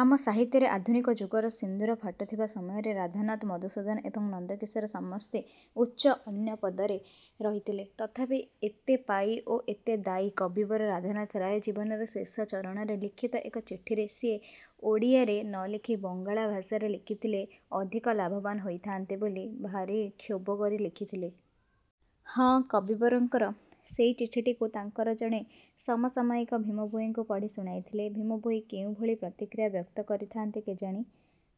ଆମ ସାହିତ୍ୟରେ ଆଧୁନିକ ଯୁଗର ସିନ୍ଦୂର ଫାଟୁଥିବା ସମୟରେ ରାଧାନାଥ, ମଧୁସୂଦନ ଏବଂ ନନ୍ଦକିଶୋର ସମସ୍ତେ ଉଚ୍ଚ ଅନ୍ୟ ପଦରେ ରହିଥିଲେ। ତଥାପି ଏତେ ପାଇ ଓ ଏତେ ଦାଇ କବିବର ରାଧାନାଥ ରାୟ ଜୀବନର ଶେଷ ଚରଣରେ ଲିଖିତ ଏକ ଚିଠିରେ ସିଏ ଓଡ଼ିଆରେ ନଲେଖି ବଙ୍ଗଳା ଭାଷାରେ ଲେଖିଥଲେ ଅଧିକ ଲାଭବାନ ହୋଇଥାଆନ୍ତେ ବୋଲି ଭାରି କ୍ଷୋଭ କରି ଲେଖିଥିଲେ। ହଁ, କବିବରଙ୍କର ସେହି ଚିଠିଟିକୁ ତାଙ୍କର ଜଣେ ସମସାମୟିକ ଭୀମଭୋଇଙ୍କୁ ପଢ଼ି ଶୁଣାଇଥିଲେ ଭୀମଭୋଇ କେଉଁଭଳି ପ୍ରତିକ୍ରିୟା ବ୍ୟକ୍ତ କରିଥାନ୍ତେ କେଜାଣି?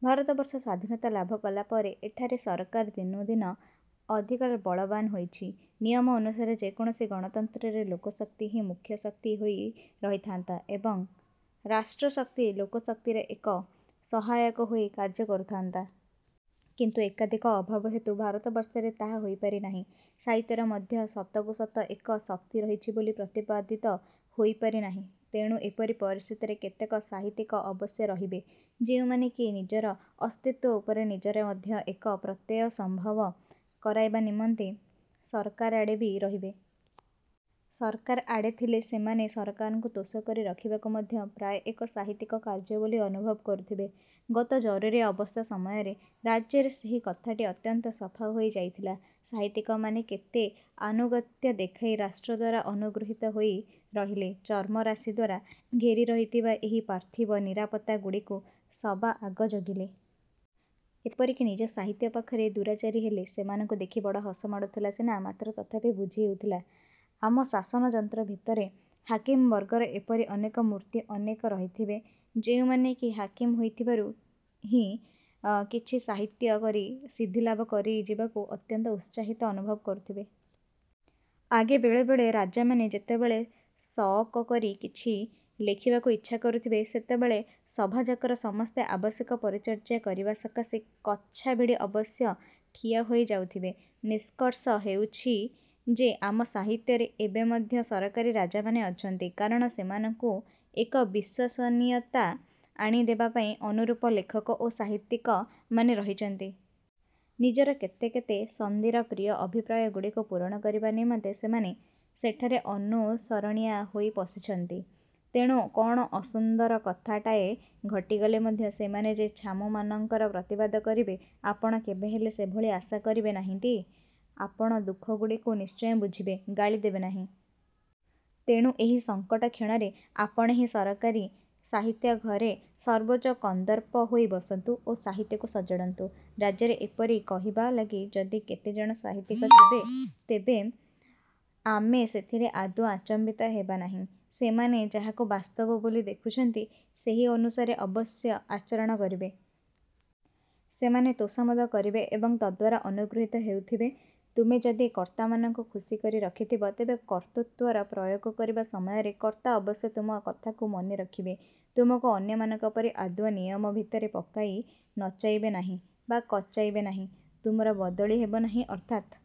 ଭାରତବର୍ଷ ସ୍ଵାଧୀନତା ଲାଭ କଲାପରେ ଏଠାରେ ସରକାର ଦିନୁଦିନ ଅଧିକ ବଳବାନ୍ ହୋଇଛି। ନିୟମ ଅନୁସାରେ ଯେକୌଣସି ଗଣତନ୍ତ୍ରରେ ଲୋକଶକ୍ତି ହିଁ ମୁଖ୍ୟ ଶକ୍ତି ହୋଇ ରହିଥାନ୍ତା ଏବଂ ରାଷ୍ଟ୍ରଶକ୍ତି ଲୋକଶକ୍ତିର ଏକ ସହାୟକ ହୋଇ କାର୍ଯ୍ୟ କରୁଥାନ୍ତା। କିନ୍ତୁ ଏକାଧିକ ଅଭାବ ହେତୁ ଭାରତବର୍ଷରେ ତାହା ହୋଇପାରି ନାହିଁ। ସାହିତ୍ୟର ମଧ୍ୟ ସତକୁ ସତ ଏକ ଶକ୍ତି ରହିଛି ବୋଲି ପ୍ରତିପାଦିତ ହୋଇପାରି ନାହିଁ। ତେଣୁ ଏପରି ପରିସ୍ଥିତିରେ କେତେକ ସାହିତ୍ୟିକ ଅବଶ୍ୟ ରହିବେ, ଯେଉଁମାନେ କି ନିଜର ଅସ୍ତିତ୍ୱ ଉପରେ ନିଜର ମଧ୍ୟ ଏକ ପ୍ରତ୍ୟୟ ସମ୍ଭବ କରାଇବା ନିମନ୍ତେ ସରକାର ଆଡ଼େ ବି ରହିବେ। ସରକାର ଆଡ଼େ ଥିଲେ ସେମାନେ ସରକାରଙ୍କୁ ତୋଷ କରି ରଖିବାକୁ ମଧ୍ୟ ପ୍ରାୟ ଏକ ସାହିତ୍ୟିକ କାର୍ଯ୍ୟ ବୋଲି ଅନୁଭବ କରୁଥିବେ। ଗତ ଜରୁରୀ ଅବସ୍ଥା ସମୟରେ ରାଜ୍ୟରେ ସେହି କଥାଟି ଅତ୍ୟନ୍ତ ସଫାହୋଇ ଯାଇଥିଲା। ସାହିତ୍ୟିକମାନେ କେତେ ଆନୁଗତ୍ୟ ଦେଖାଇ ରାଷ୍ଟ୍ର ଦ୍ଵାରା ଅନୁଗୃହୀତ ହୋଇ ରହିଲେ, ଚର୍ମରାଶି ଦ୍ୱାରା ଘେରି ରହିଥିବା ଏହି ପାର୍ଥିବ ନିରାପତ୍ତାଗୁଡ଼ିକୁ ସବା ଆଗ ଜଗିଲେ। ଏପରିକି ନିଜ ସାହିତ୍ୟ ପାଖରେ ଦୁରାଚାରୀ ହେଲେ। ସେମାନଙ୍କୁ ଦେଖି ବଡ଼ ହସ ମାଡୁଥିଲା ସିନା ମାତ୍ର ତଥାପି ବୁଝି ହେଉଥିଲା। ଆମ ଶାସନଯନ୍ତ୍ର ଭିତରେ ହାକିମ ବର୍ଗର ଏପରି ଅନେକ ମୂର୍ତ୍ତି ଅନେକ ରହିଥିବେ ଯେଉଁମାନେ କି ହାକିମ ହୋଇଥିବାରୁ ହିଁ କିଛି ସାହିତ୍ୟ କରି ସିଦ୍ଧିଲାଭ କରାଯିବାକୁ ଅତ୍ୟନ୍ତ ଉତ୍ସାହିତ ଅନୁଭବ କରୁଥିବେ। ଆଗେ ବେଳେବେଳେ ରାଜାମାନେ ଯେତେବେଳେ ସଅକ କରି କିଛି ଲେଖିବାକୁ ଇଚ୍ଛା କରୁଥିବେ, ସେତେବେଳେ ସଭାଯାକର ସମସ୍ତେ ଆବଶ୍ୟକ ପରିଚର୍ଯ୍ୟା କରିବା ସକାଶେ କଛା ଭିଡ଼ି ଅବଶ୍ୟ ଠିଆ ହୋଇ ଯାଉଥୀବେ। ନିଷ୍କର୍ଷ ହେଉଛି ଯେ ଆମ ସାହିତ୍ୟରେ ଏବେ ମଧ୍ୟ ସରକାରୀ ରାଜାମାନେ ଅଛନ୍ତି, କାରଣ ସେମାନଙ୍କୁ ଏକ ବିଶ୍ୱସନୀୟତା ଆଣି ଦେବାପାଇଁ ଅନୁରୂପ ଲେଖକ ଓ ସାହିତ୍ୟିକମାନେ ରହିଛନ୍ତି। ନିଜର କେତେ କେତେ ସନ୍ଧିର ପ୍ରିୟ ଅଭିପ୍ରାୟଗୁଡ଼ିକୁ ପୂରଣ କରିବା ନିମନ୍ତେ ସେମାନେ ସେଠାରେ ଅନୁସରଣିଆ ହୋଇ ପଶିଛନ୍ତି। ତେଣୁ କଣ ଅସୁନ୍ଦର କଥାଟାଏ ଘଟିଗଲେ ମଧ୍ୟ ସେମାନେ ଯେ ଛାମୁମାନଙ୍କର ପ୍ରତିବାଦ କରିବେ, ଆପଣ କେବେହେଲେ ସେଭଳି ଆଶା କରିବେ ନାହିଁଟି। ଆପଣ ଦୁଃଖଗୁଡ଼ିକୁ ନିଶ୍ଚୟ ବୁଝିବେ, ଗାଳି ଦେବେନାହିଁ। ତେଣୁ ଏହି ସଂକଟକ୍ଷଣରେ ଆପଣ ହିଁ ସରକାରୀ ସାହିତ୍ୟ ଘରେ ସର୍ବୋଚ୍ଚ କନ୍ଦର୍ପ ହୋଇ ବସନ୍ତୁ ଓ ସାହିତ୍ୟକୁ ସଜାଡ଼ନ୍ତୁ, ରାଜ୍ୟରେ ଏପରି କହିବା ଲାଗି ଯଦି କେତେଜଣ ସାହିତ୍ୟିକ ଥିବେ, ତେବେ ଆମେ ସେଥିରେ ଆଦୌ ଆଚମ୍ବିତ ହେବାନାହିଁ। ସେମାନେ ଯାହାକୁ ବାସ୍ତବ ବୋଲି ଦେଖୁଛନ୍ତି, ସେହି ଅନୁସାରେ ଅବଶ୍ୟ ଆଚରଣ କରିବେ। ସେମାନେ ତୋଷାମଦ କରିବେ ଏବଂ ତଦ୍ଦ୍ୱାରା ଅନୁଗୃହୀତ ହେଉଥିବେ। ତୁମେ ଯଦି କର୍ତ୍ତାମାନଙ୍କୁ ଖୁସି କରି ରଖିଥିବ ତେବେ କର୍ତ୍ତୃତ୍ୱର ପ୍ରୟୋଗ କରିବା ସମୟରେ କର୍ତ୍ତା ଅବଶ୍ୟ ତୁମ କଥାକୁ ମନେରଖିବେ, ତୁମକୁ ଅନ୍ୟମାନଙ୍କ ପରି ଆଦୌ ନିୟମ ଭିତରେ ପକାଇ ନଚାଇବେ ନାହିଁ ବା କଚାଇବେ ନାହିଁ। ତୁମର ବଦଳି ହେବନାହିଁ ଅର୍ଥାତ୍